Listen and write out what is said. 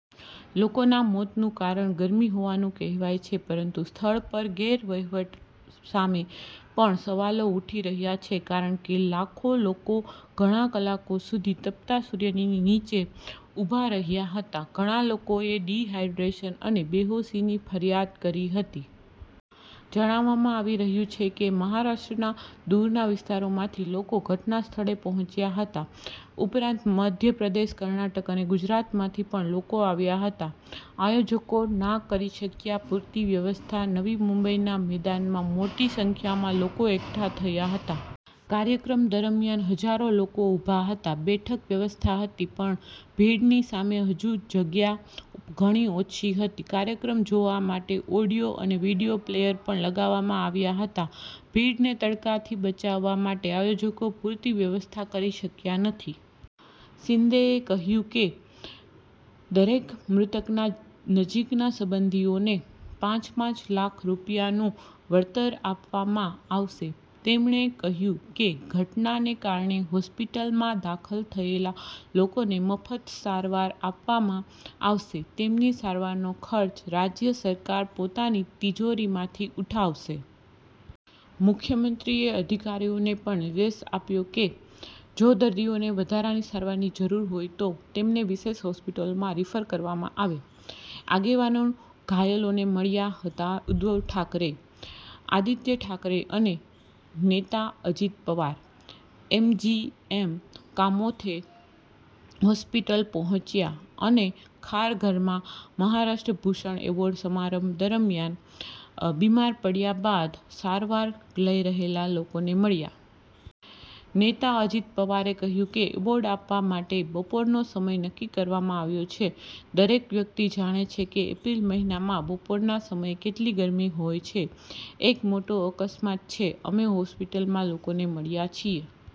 લોકોના મોતનું કારણ ગરમી હોવાનું કહેવાય છે. પરંતુ સ્થળ પર ગેરવહીવટ સામે પણ સવાલો ઉઠી રહ્યા છે. કારણ કે લાખો લોકો ઘણા કલાકો સુધી તપતા સૂર્યની નીચે ઉભા રહ્યા હતા. ઘણા લોકોએ ડિહાઇડ્રેશન અને બેહોશીની ફરિયાદ કરી હતી. જણાવવામાં આવી રહ્યું છે કે મહારાષ્ટ્રના દૂરના વિસ્તારોમાંથી લોકો ઘટનાસ્થળે પહોંચ્યા હતા. ઉપરાંત મધ્યપ્રદેશ, કર્ણાટક અને ગુજરાતમાંથી પણ લોકો આવ્યા હતા. આયોજકો ના કરી શક્યા પૂરતી વ્યવસ્થા નવી મુંબઈના મેદાનમાં મોટી સંખ્યામાં લોકો એકઠા થયા હતા. કાર્યક્રમ દરમિયાન હજારો લોકો ઉભા હતા. બેઠક વ્યવસ્થા હતી પણ ભીડની સામે હજુ જગ્યા ઘણી ઓછી હતી. કાર્યક્રમ જોવા માટે ઓડિયો અને વીડિયો પ્લેયર પણ લગાવવામાં આવ્યા હતા. ભીડને તડકાથી બચાવવા માટે આયોજકો પૂરતી વ્યવસ્થા કરી શક્યા નથી. શિંદેએ કહ્યું કે દરેક મૃતકના નજીકના સંબંધીઓને પાંચ-પાંચ લાખ રૂપિયાનું વળતર આપવામાં આવશે. તેમણે કહ્યું કેઘટનાને કારણે હોસ્પિટલમાં દાખલ થયેલા લોકોને મફત સારવાર આપવામાં આવશે. તેમની સારવારનો ખર્ચ રાજ્ય સરકાર પોતાની તિજોરીમાંથી ઉઠાવશે. મુખ્યમંત્રીએ અધિકારીઓને પણ નિર્દેશ આપ્યો કે જો દર્દીઓને વધારાની સારવારની જરૂર હોય તો તેમને વિશેષ હોસ્પિટલોમાં રીફર કરવામાં આવે. આગેવાનો ઘાયલોને મળ્યા હતા ઉદ્ધવ ઠાકરે, આદિત્ય ઠાકરે અને નેતા અજિત પવાર એમજીએમ કામોથે હોસ્પિટલ પહોંચ્યા અને ખારઘરમાં મહારાષ્ટ્ર ભૂષણ એવોર્ડ સમારંભ દરમિયાન બીમાર પડ્યા બાદ સારવાર લઈ રહેલા લોકોને મળ્યા. નેતા અજિત પવારે કહ્યું કે એવોર્ડ આપવા માટે બપોરનો સમય નક્કી કરવામાં આવ્યો છે. દરેક વ્યક્તિ જાણે છે કે એપ્રિલ મહિનામાં બપોરના સમયે કેટલી ગરમી હોય છે. એક મોટો અકસ્માત છે, અમે હોસ્પિટલમાં લોકોને મળ્યા છીએ.